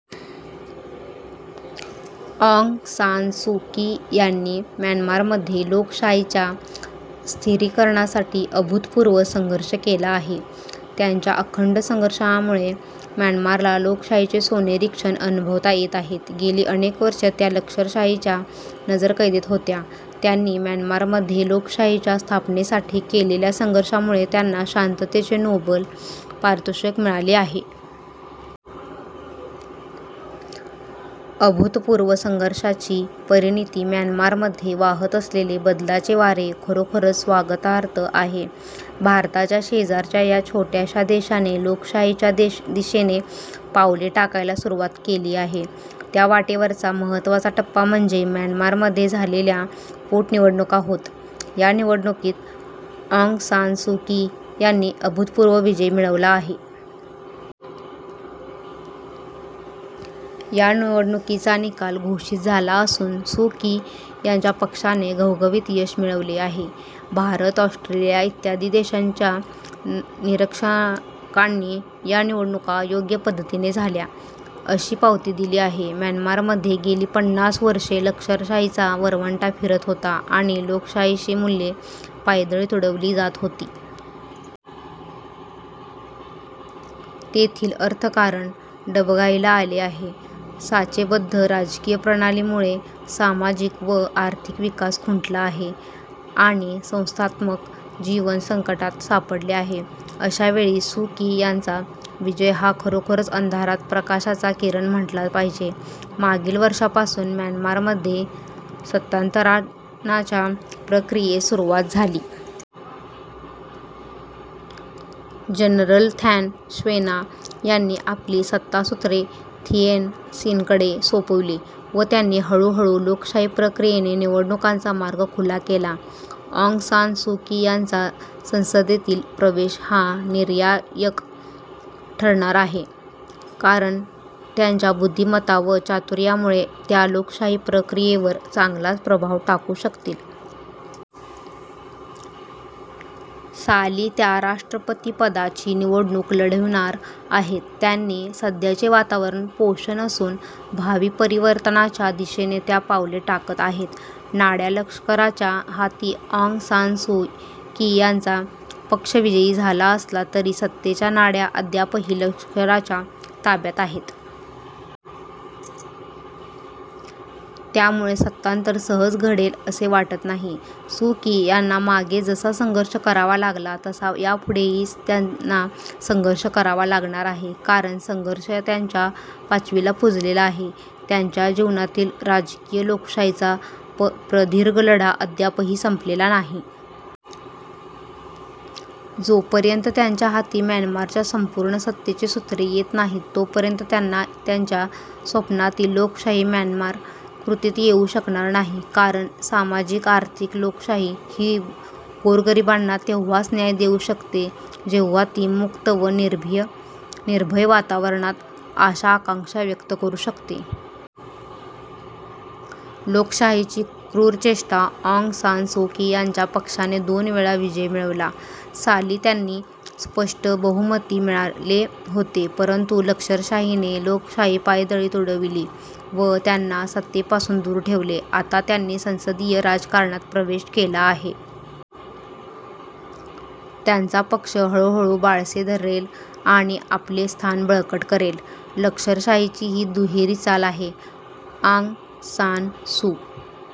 आँग San Suu Kyi यांनी म्यानमारमध्ये लोकशाहीच्या स्थिरीकरणासाठी अभूतपूर्व संघर्ष केला आहे. त्यांच्या अखंड संघर्षामुळे म्यानमारला लोकशाहीचे सोनेरी क्षण अनुभवता येत आहेत. गेली अनेक वर्षे त्या लष्करशाहीच्या नजरकैदेत होत्या. त्यांनी म्यानमारमध्ये लोकशाहीच्या स्थापनेसाठी केलेल्या संघर्षामुळे त्यांना शांततेचे नोबेल पारितोषिक मिळाले आहे. अभूतपूर्व संघर्षाची परिणती म्यानमारमध्ये वाहत असलेले बदलाचे वारे खरोखरच स्वागतार्ह आहे. भारताच्या शेजारच्या या छोट्याशा देशाने लोकशाहीच्या दिशेने पावले टाकायला सुरूवात केली आहे. त्या वाटेवरचा महत्वाचा टप्पा म्हणजे म्यानमारमध्ये झालेल्या पोटनिवडणुका होत. या निवडणुकीत आँग सान सू की यांनी अभूतपूर्व विजय मिळविला आहे. या निवडणुकींचा निकाल घोषित झाला असून सू की यांच्या पक्षाने घवघवीत यश मिळविले आहे. भारत, ऑस्ट्रेलिया इत्यादी देशांच्या निरीक्षकांनी या निवडणुका योग्य पद्धतीने झाल्या, अशी पावती दिली आहे. म्यानमारमध्ये गेली पन्नास वर्षे लष्करशाहीचा वरवंटा फिरत होता आणि लोकशाही मूल्ये पायदळी तुडविली जात होती. तेथील अर्थकारण डबघाईला आले आहे. साचेबद्ध राजकीय प्रणालीमुळे सामाजिक व आर्थिक विकास खुंटला आहे आणि संस्थात्मक जीवन संकटात सापडले आहे. अशावेळी सू की यांचा विजय हा खरोखरच अंधारात प्रकाशाचा किरण म्हटला पाहिजे. मागील वर्षापासून म्यानमारमध्ये सत्तांतरणाच्या प्रक्रियेस सुरूवात झाली. जनरल थॅन श्वेना यांनी आपली सत्तासूत्रे थिएन सिनकडे सोपविली व त्यांनी हळू-हळू लोकशाही प्रक्रियेने निवडणुकांचा मार्ग खुला केला. आँग सान सू की यांचा संसदेतील प्रवेश हा निर्णायक ठरणारा आहे. कारण त्यांच्या बुद्धिमत्ता व चातुर्यामुळे त्या लोकशाही प्रक्रियेवर चांगलाच प्रभाव टाकू शकतील. साली त्या राष्ट्रपतीपदाची निवडणूक लढविणार आहेत. त्यांना सध्याचे वातावरण पोषक असून भावी परिवर्तनाच्या दिशेने त्या पावले टाकत आहेत. नाड्या लष्कराच्या हाती आँग सान सू की यांचा पक्ष विजयी झाला असला तरी सत्तेच्या नाड्या अद्यापही लष्कराच्या ताब्यात आहेत. त्यामुळे सत्तांतर सहज घडेल असे वाटत नाही. सू की यांना मागे जसा संघर्ष करावा लागला तसा यापुढेही त्यांना संघर्ष करावा लागणार आहे. कारण संघर्ष त्यांच्या पाचवीला पूजलेला आहे. त्यांच्या जीवनातील राजकीय लोकशाहीचा प्रदीर्घ लढा अद्यापही संपलेला नाही. जोपर्यंत त्यांच्या हाती म्यानमारच्या संपूर्ण सत्तेची सूत्रे येत नाहीत तोपर्यंत त्यांना त्यांच्या स्वप्नातील लोकशाही म्यानमार कृतीत येऊ शकणार नाही. कारण सामाजिक, आर्थिक, लोकशाही ही गोरगरिबांना तेव्हाच न्याय देऊ शकते जेव्हा ती मुक्त व निर्भय वातावरणात आशा आकांक्षा व्यक्त करू शकते. लोकशाहीची क्रूर चेष्टा आँग सान सू की यांच्या पक्षाने दोन वेळा विजय मिळविला. साली त्यांना स्पष्ट बहुमतही मिळाले होते. परंतु लष्करशाहीने लोकशाही पायदळी तुडविली व त्यांना सत्तेपासून दूर ठेवले. आता त्यांनी संसदीय राजकारणात प्रवेश केला आहे. त्यांचा पक्ष हळूहळू बाळसे धरेल आणि आपले स्थान बळकट करेल. लष्करशाहीची ही दुहेरी चाल आहे. ऑग सान सू